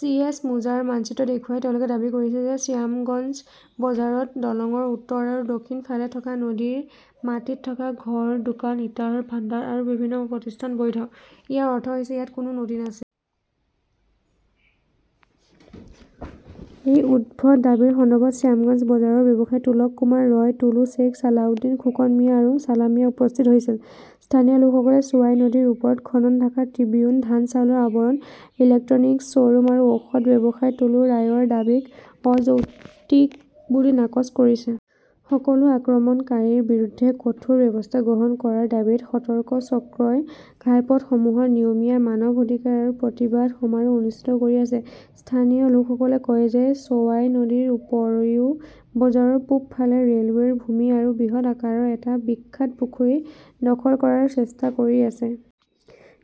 C S মুজাৰ মানচিত্ৰ দেখুৱাই তেওঁলোকে দাবী কৰিছে যে শ্যামগঞ্জ বজাৰত দলঙৰ উত্তৰ আৰু দক্ষিণ ফালে থকা নদীৰ মাটিত থকা ঘৰ দোকান ইটাৰ ভাণ্ডাৰ আৰু বিভিন্ন প্ৰতিষ্ঠান বৈধ। ইয়াৰ অৰ্থ হৈছে ইয়াত কোনো নদী নাছিল। এই উদ্ভট দাবীৰ সন্দৰ্ভত শ্যামগঞ্জ বজাৰৰ ব্যৱসায়ী তোলক কুমাৰ ৰয় টুলু শ্বেইখ চালাউদ্দিন খোকন মিয়া আৰু ছালাম মিয়া উপস্থিত হৈছিল। স্থানীয় লোকসকলে ছোৱাই নদীৰ ওপৰত খনন ঢাকা ট্ৰিবিউন ধান চাউলৰ আৱৰণ ইলেক্ট্ৰনিকছ শ্বৰুম আৰু ঔষধ ব্যৱসায়ী টুলু ৰায়ৰ দাবীক অযৌক্তিক বুলি নাকচ কৰিছে। সকলো আক্ৰমণকাৰীৰ বিৰুদ্ধে কঠোৰ ব্যৱস্থা গ্ৰহণৰ দাবীত সতৰ্ক চক্ৰই ঘাইপথসমূহত নিয়মীয়া মানৱ অধিকাৰ আৰু প্ৰতিবাদ সমাৰোহ অনুষ্ঠিত কৰি আছে। স্থানীয় লোকসকলে কয় যে শ্বৱাই নদীৰ উপৰিও বজাৰৰ পূব ফালে ৰেলৱেৰ ভূমি আৰু বৃহৎ আকাৰৰ এটা বিখ্যাত পুখুৰী দখল কৰাৰ চেষ্টা কৰি আছে।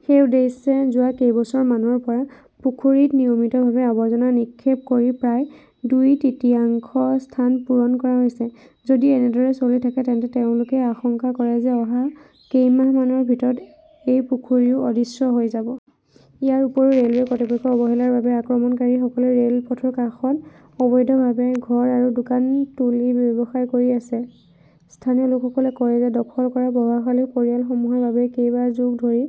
সেই উদ্দেশ্যে যোৱা কেইবছৰমানৰ পৰা পুখুৰীত নিয়মিতভাৱে আৱৰ্জনা নিক্ষেপ কৰি প্ৰায় দুই তৃতীয়াংশ স্থান পূৰণ কৰা হৈছে। যদি এনেদৰে চলি থাকে তেন্তে তেওঁলোকে আশংকা কৰে যে অহা কেইমাহমানৰ ভিতৰত এই পুখুৰীও অদৃশ্য হৈ যাব। ইয়াৰ উপৰিও ৰেলৱে কৰ্তৃপক্ষৰ অৱহেলাৰ বাবে আক্ৰমণকাৰীসকলে ৰেলপথৰ কাষত অবৈধভাৱে ঘৰ আৰু দোকান তুলি ব্যৱসায় কৰি আছে। স্থানীয় লোকসকলে কয় যে দখল কৰা প্ৰভাৱশালী পৰিয়ালসমূহৰ বাবেই কেইবা যুগ ধৰি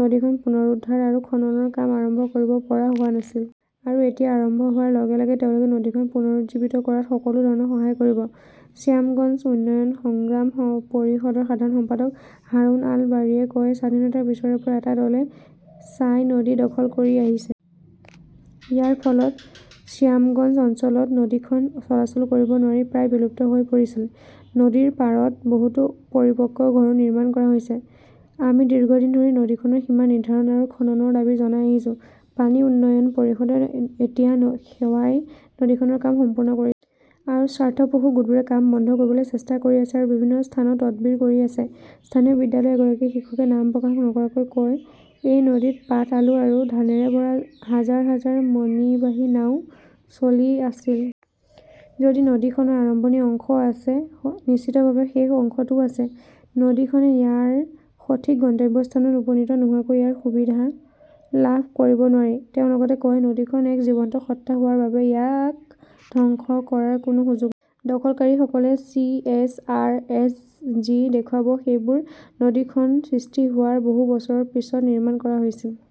নদীখন পুনৰুদ্ধাৰ আৰু খননৰ কাম আৰম্ভ কৰিব পৰা হোৱা নাছিল। আৰু এতিয়া আৰম্ভ হোৱাৰ লগে লগে তেওঁলোকে নদীখনক পুনৰুজ্জীৱিত কৰাত সকলো ধৰণৰ সহায় কৰিব। শ্যামগঞ্জ উন্নয়ন সংগ্ৰাম পৰিষদৰ সাধাৰণ সম্পাদক হাৰুন আল বাৰীয়ে কয় স্বাধীনতাৰ পিছৰে পৰা এটা দলে স্বাই নদী দখল কৰি আহিছে। ইয়াৰ ফলত শ্বায়ামগঞ্জ অঞ্চলত নদীখন চলাচল কৰিব নোৱাৰি প্ৰায় বিলুপ্ত হৈ পৰিছিল। নদীৰ পাৰত বহুতো পৰিপক্ক ঘৰো নিৰ্মাণ কৰা হৈছে। আমি দীৰ্ঘদিন ধৰি নদীখনৰ সীমা নিৰ্ধাৰণ আৰু খননৰ দাবী জনাই আহিছোঁ। পানী উন্নয়ন পৰিষদে এতিয়া সোয়াই নদী খননৰ কাম সম্পূৰ্ণ কৰি আৰু স্বাৰ্থপ্ৰসূ গোটবোৰে কাম বন্ধ কৰিবলৈ চেষ্টা কৰি আছে আৰু বিভিন্ন স্থানত তদবিৰ কৰি আছে। স্থানীয় বিদ্যালয়ৰ এগৰাকী শিক্ষকে নাম প্ৰকাশ নকৰাকৈ কয় এই নদীত পাট আলু আৰু ধানেৰে ভৰা হাজাৰ হাজাৰ মণিবাহী নাও চলি আছিল। যদি নদীখনৰ আৰম্ভণি অংশ থাকে নিশ্চিতভাৱে শেষ অংশটোও আছে। নদীখনে ইয়াৰ সঠিক গন্তব্যস্থানত উপনীত নোহোৱালৈকে ইয়াৰ সুবিধা লাভ কৰিব নোৱাৰি। তেওঁ লগতে কয় নদীখন এক জীৱন্ত সত্তা হোৱাৰ বাবে ইয়াক ধ্বংস কৰাৰ কোনো সুযোগ দখলকাৰীসকলে চি এছ আৰ এছ যি দেখুৱাব সেইবোৰ নদীখন সৃষ্টি হোৱাৰ বহু বছৰৰ পিছত নিৰ্মাণ কৰা হৈছিল।